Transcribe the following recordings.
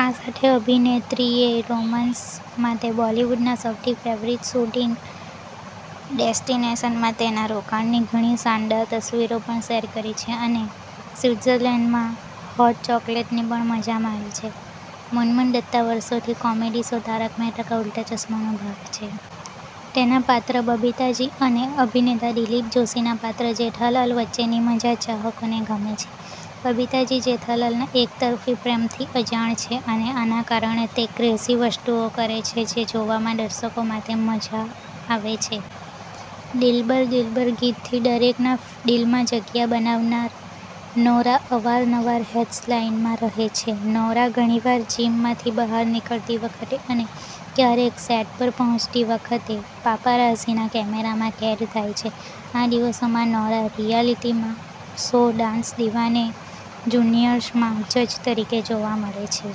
આ સાથે અભિનેત્રીએ રોમાન્સ માટે બોલિવૂડના સૌથી ફેવરિટ શૂટિંગ ડેસ્ટિનેશનમાં તેના રોકાણની ઘણી શાનદાર તસવીરો પણ શેર કરી છે. અને સ્વિત્ઝર્લેન્ડમાં હોટ ચોકલેટની પણ મજા માણી હતી. મુનમુન દત્તા વર્ષોથી કોમેડી શો 'તારક મહેતા કા ઉલ્ટા ચશ્મા'નો ભાગ છે. તેના પાત્ર બબીતા જી અને અભિનેતા દિલીપ જોશીના પાત્ર જેઠાલાલ વચ્ચેની મજા ચાહકોને ગમે છે. બબીતા જી જેઠાલાલના એકતરફી પ્રેમથી અજાણ છે અને આના કારણે તે ક્રેઝી વસ્તુઓ કરે છે, જે જોવામાં દર્શકો માટે મજા આવે છે. દિલબર દિલબર ગીતથી દરેકના દિલમાં જગ્યા બનાવનાર નોરા અવારનવાર હેડલાઈન્સમાં રહે છે. નોરા ઘણીવાર જીમમાંથી બહાર નીકળતી વખતે અને ક્યારેક સેટ પર પહોંચતી વખતે પાપારાઝીના કેમેરામાં કેદ થાય છે. આ દિવસોમાં Nora reality show dance Deewane જુનિયર્સમાં જજ તરીકે જોવા મળે છે.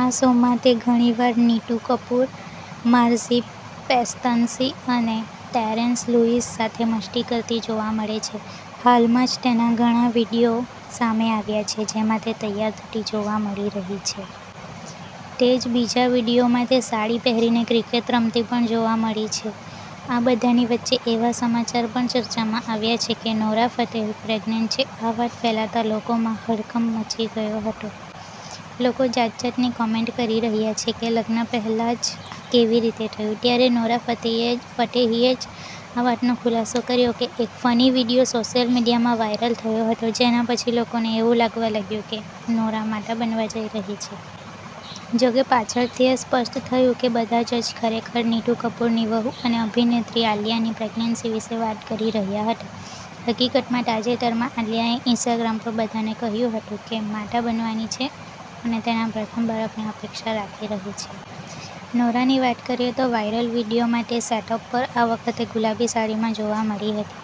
આ શોમાં તે ઘણીવાર નીતુ કપૂર, માર્ઝી પેસ્ટનજી અને ટેરેન્સ લુઈસ સાથે મસ્તી કરતી જોવા મળે છે. હાલમાં જ તેના ઘણા વીડિયો સામે આવ્યા છે જેમાં તે તૈયાર થતી જોવા મળી રહી છે. તે જ બીજા વીડિયોમાં તે સાડી પહેરીને ક્રિકેટ રમતી પણ જોવા મળી રહી છે. આ બધાની વચ્ચે એવા સમાચાર પણ ચર્ચામાં આવ્યા છે કે નોરા ફતેહી પ્રેગ્નેન્ટ છે. આ વાત ફેલાતા લોકોમાં હડકંપ મચી ગયો હતો. લોકો જાત જાતની કોમેન્ટ કરી રહ્યા છે, કે લગ્ન પહેલા જ આ કેવી રીતે થયું? ત્યારે નોરા ફતેહીએ જ આ વાતનો ખુલાસો કર્યો છે. એક ફની વિડીયો સોશિયલ મીડિયામાં વાયરલ થયો હતો, જેના પછી લોકોને એવું લાગવા લાગ્યું કે નોરા માતા બનવા જઈ રહી છે. જોકે, પાછળથી એ સ્પષ્ટ થયું કે બધા જજ ખરેખર નીતુ કપૂરની વહુ અને અભિનેત્રી આલિયાની પ્રેગ્નન્સી વિશે વાત કરી રહ્યા હતા. હકીકતમાં, તાજેતરમાં આલિયાએ ઇન્સ્ટાગ્રામ પર બધાને કહ્યું હતું કે તે માતા બનવાની છે અને તેના પ્રથમ બાળકની અપેક્ષા રાખી રહી છે. નોરાની વાત કરીએ તો વાયરલ વિડીયોમાં તે સેટ પર આ વખતે ગુલાબી સાડીમાં જોવા મળી હતી.